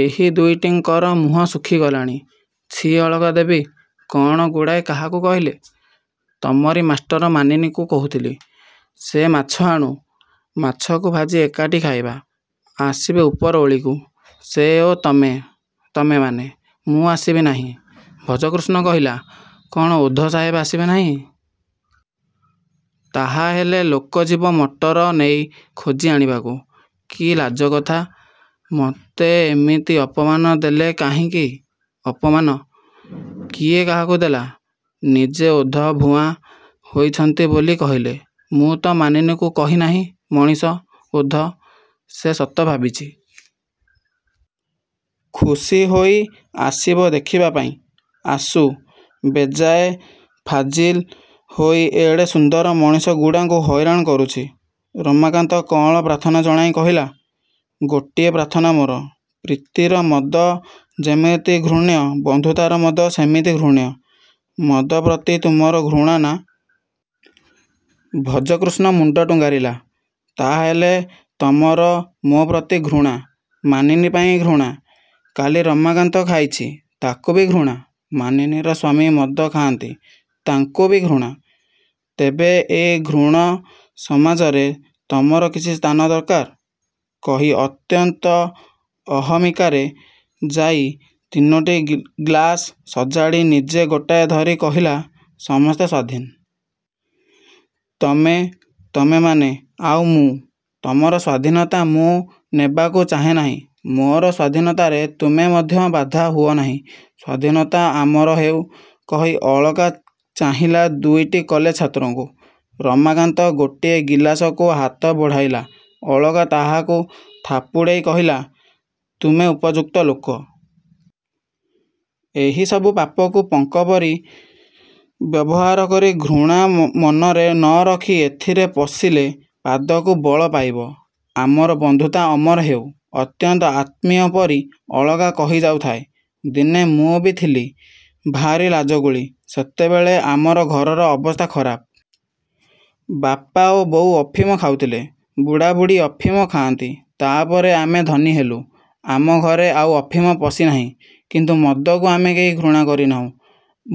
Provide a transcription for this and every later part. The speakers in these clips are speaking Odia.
ଏହି ଦୁଇଟିଙ୍କର ମୁହଁ ଶୁଖି ଗଲାଣି। -ଛି, ଅଳକା ଦେବୀ, କ'ଣ ଗୁଡ଼ାଏ କାହାକୁ କହିଲେ? -ତମରି ମାଷ୍ଟର ମାନିନୀକୁ କହୁଥିଲି। ସେ ମାଛ ଆଣୁ-ମାଛକୁ ଭାଜି ଏକାଠି ଖାଇବା-। ଆସିବେ ଉପର ଓଳିକୁ-ସେ ଓ ତମେ-ତମେମାନେ। -ମୁଁ ଆସିବି ନାହିଁ। ଭଜକୃଷ୍ଣ କହିଲା। -କ'ଣ ଓଧ ସାହେବ ଆସିବେ ନାହିଁ। ତାହାହେଲେ ଲୋକ ଯିବ ମଟର ନେଇ ଖୋଜି ଆଣିବାକୁ। -କି ଲାଜ କଥା? ମତେ ଏମିତି ଅପମାନ ଦେଲେ କାହିଁକି? -ଅପମାନ? କିଏ କାହାକୁ ଦେଲା? ନିଜେ ଓଧ-ଭୁଆଁ ହେଇଛନ୍ତି ବୋଲି କହିଲେ। ମୁଁ ତ ମାନିନୀକୁ କହି ନାହିଁ ମଣିଷ-ଓଧ। ସେ ସତ ଭାବିଛି। ଖୁସି ହୋଇ ଆସିବ ଦେଖିବା ପାଇଁ-। ଆସୁ। ବେଜାଏ ଫାଜିଲ ହୋଇ ଏଡ଼େ ସୁନ୍ଦର ମଣିଷଗୁଡ଼ାଙ୍କୁ ହଇରାଣ କରୁଛି। ରମାକାନ୍ତ କଅଁଳ ପ୍ରାର୍ଥନା ଜଣାଇ କହିଲା-ଗୋଟାଏ ପ୍ରାର୍ଥନା ମୋର।। ପ୍ରୀତିର ମଦ ଯେମିତି ଘୃଣ୍ୟ, ବନ୍ଧୁତାର ମଦ ସେମିତି ଘୃଣ୍ୟ। ମଦ ପ୍ରତି ତୁମର ଘୃଣା ନା? ଭଜକୃଷ୍ଣ ମୁଣ୍ଡ ଟୁଙ୍ଗାରିଲା। -ତାହେଲେ ତମର ମୋ'ପ୍ରତି ଘୃଣା? -ମାନିନୀ ପାଇଁ ଘୃଣା? -କାଲି ରମାକାନ୍ତ ଖାଇଛି-ତାହାକୁ ବି ଘୃଣା? -ମାନିନୀର ସ୍ୱାମୀ ମଦ ଖାଆନ୍ତି, ତାଙ୍କୁ ବି ଘୃଣା? ତେବେ ଏଇ ଘୃଣ୍ୟ ସମାଜରେ ତମର କିଛି ସ୍ଥାନ ଦରକାର? କହି ଅତ୍ୟନ୍ତ ଅହମିକାରେ ଯାଇ ତିନୋଟି ଗ୍ଲାସ ସଜାଡ଼ି ନିଜେ ଗୋଟାଏ ଧରି କହିଲା-ସମସ୍ତେ ସ୍ୱାଧୀନ। ତମେ-ତମେମାନେ-ଆଉ ମୁଁ। ତମର ସ୍ୱାଧୀନତା ମୁଁ ନେବାକୁ ଚାହେଁ ନାହିଁ। ମୋର ସ୍ୱାଧୀନତାରେ ତୁମେ ମଧ୍ୟ ବାଧା ହୁଅ ନାହିଁ। -ସ୍ୱାଧୀନତା ଅମର ହେଉ-କହି ଅଳକା ଚାହିଁଲା ଦୁଇଟି କଲେଜ ଛାତ୍ରଙ୍କୁ। ରମାକାନ୍ତ ଗୋଟିଏ ଗିଲାସକୁ ହାତ ବଢ଼ାଇଲା। ଅଳକା ତାହାକୁ ଥାପୁଡ଼ାଇ କହିଲା-ତମେ ଉପଯୁକ୍ତ ଲୋକ। ଏହି ସବୁ ପାପକୁ ପଙ୍କପରି ବ୍ୟବହାର କରି ଘୃଣା ମନରେ ନ ରଖି ଏଥିରେ ପଶିଲେ ପାଦକୁ ବଳ ପାଇବ। ଆମର ବନ୍ଧୁତା ଅମର ହେଉ। ଅତ୍ୟନ୍ତ ଆତ୍ମୀୟ ପରି ଅଳକା କହି ଯାଉଥାଏ-ଦିନେ ମୁଁ ବି ଥିଲି ଭାରି ଲାଜକୁଳି। ସେତେବେଳେ ଆମର ଘରର ଅବସ୍ଥା ଖରାପ। ବାପା ଓ ବୋଉ ଅଫିମ ଖାଉଥିଲେ। ବୁଢ଼ାବୁଢ଼ୀ ଅଫିମ ଖାଆନ୍ତି ତା'ପରେ ଆମେ ଧନୀ ହେଲୁ। ଆମ ଘରେ ଆଉ ଅଫିମ ପଶି ନାହିଁ। କିନ୍ତୁ ମଦକୁ ଆମେ କେହି ଘୃଣା କରି ନାହୁଁ।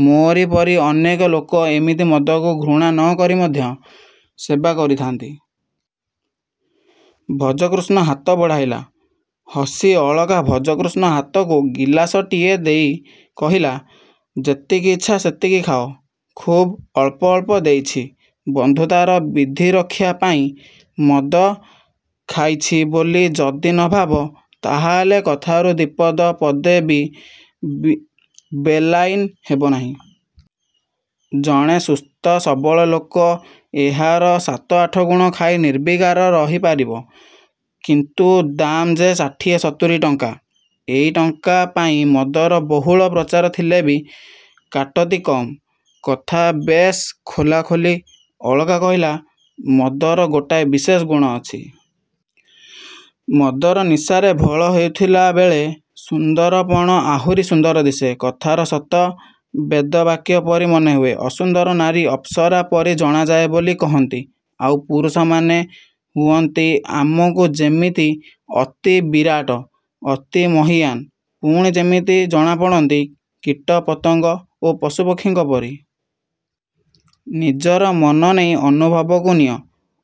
ମୋରି ପରି ଅନେକ ଲୋକ ଏମିତି ମଦକୁ ଘୃଣା ନ କରି ମଧ୍ୟ ସେବା କରିଥାନ୍ତି। ଭଜକୃଷ୍ଣ ହାତ ବଢ଼ାଇଲା। ହସି ଅଳକା ଭଜକୃଷ୍ଣ ହାତକୁ ଗିଲାସଟିଏ ଦେଇ କହିଲା-ଯେତିକି ଇଚ୍ଛା ସେତିକି ଖାଅ-। ଖୁବ୍ ଅଳ୍ପ ଅଳ୍ପ ଦେଇଛି-ବନ୍ଧୁତାର ବିଧିରକ୍ଷା ପାଇଁ। ମଦ ଖାଇଛି ବୋଲି ଯଦି ନ ଭାବ, ତାହାହେଲେ କଥାରୁ ଦି'ପଦ ପଦେ ବି ବେଲାଇନ ହବ ନାହିଁ। ଜଣେ ସୁସ୍ଥ ସବଳ ଲୋକ ଏହାର ସାତ ଆଠଗୁଣ ଖାଇ ନିର୍ବିକାର ରହି ପାରିବ-କିନ୍ତୁ ଦାମ୍ ଯେ ଷାଠିଏ ସତୁରୀ ଟଙ୍କା ଏଇ ଟଙ୍କା ପାଇଁ ମଦର ବହୁଳ ପ୍ରଚାର ଥିଲେ ବି କାଟତି କମ୍। କଥା ବେଶ୍ ଖୋଲା ଖୋଲି। ଅଳକା କହିଲା-ମଦର ଗୋଟାଏ ବିଶେଷ ଗୁଣ ଅଛି। ମଦର ନିଶାରେ ଭୋଳ ଥିଲାବେଳେ ସୁନ୍ଦରପଣ ଆଉରି ସୁନ୍ଦର ଦିଶେ। କଥାର ସତ ବେଦବାକ୍ୟ ପରି ମନେହୁଏ। ଅସୁନ୍ଦର ନାରୀ ଅପସରା ପରି ଜଣାଯାଏ ବୋଲି କହନ୍ତି। ଆଉ ପୁରୁଷ ମନେ ହୁଅନ୍ତି ଆମକୁ ଯେମିତି ଅତି ବିରାଟ-ଅତି ମହୀୟାନ୍। ପୁଣି ଯେମିତି ଜଣାପଡ଼ନ୍ତି କୀଟ-ପତଙ୍ଗ ଓ ପଶୁପକ୍ଷୀଙ୍କ ପରି। ନିଜର ମନ ନେଇ ଅନୁଭବକୁ ନିଅ।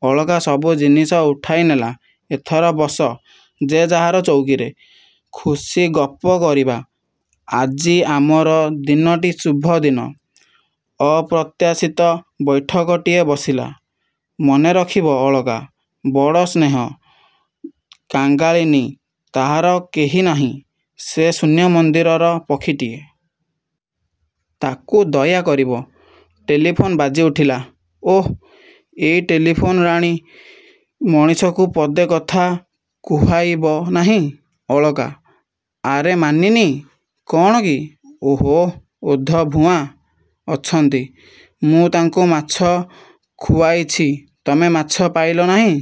ଅଳକା ସବୁ ଜିନିଷ ଉଠାଇ ନେଲା। ଏଥର ବସ ଯେ ଯାହାର ଚଉକୀରେ-ଖୁସି ଗପ କରିବା। ଆଜି ଆମର ଦିନଟି ଶୁଭ ଦିନ। ଅପ୍ରତ୍ୟାଶିତ ବୈଠକଟିଏ ବସିଲା-ମନେ ରଖିବ ଅଳକା ବଡ଼ ସ୍ନେହ-କାଙ୍ଗାଳିନୀ। ତାହାର କେହି ନାହିଁ। ସେ ଶୂନ୍ୟ ମନ୍ଦିରର ପକ୍ଷୀଟିଏ। ତା'କୁ ଦୟା କରିବ। ଟେଲିଫୋନ୍ ବାଜି ଉଠିଲା। -ଓଃ, ଏଇ ଟେଲିଫୋନ୍ ରାଣୀ ମଣିଷକୁ ପଦେ କଥା କୁହାଇ ବ ନାହିଁ। -ଅଳକା। -ଆରେ ମାନିନୀ? କ'ଣ କି? -ଓଃ, ଓଧ-ଭୁଆଁ। ଅଛନ୍ତି। ମୁଁ ତାଙ୍କୁ ମାଛ ଖୁଆଇଛି ତମେ ମାଛ ପାଇଲ ନାହିଁ।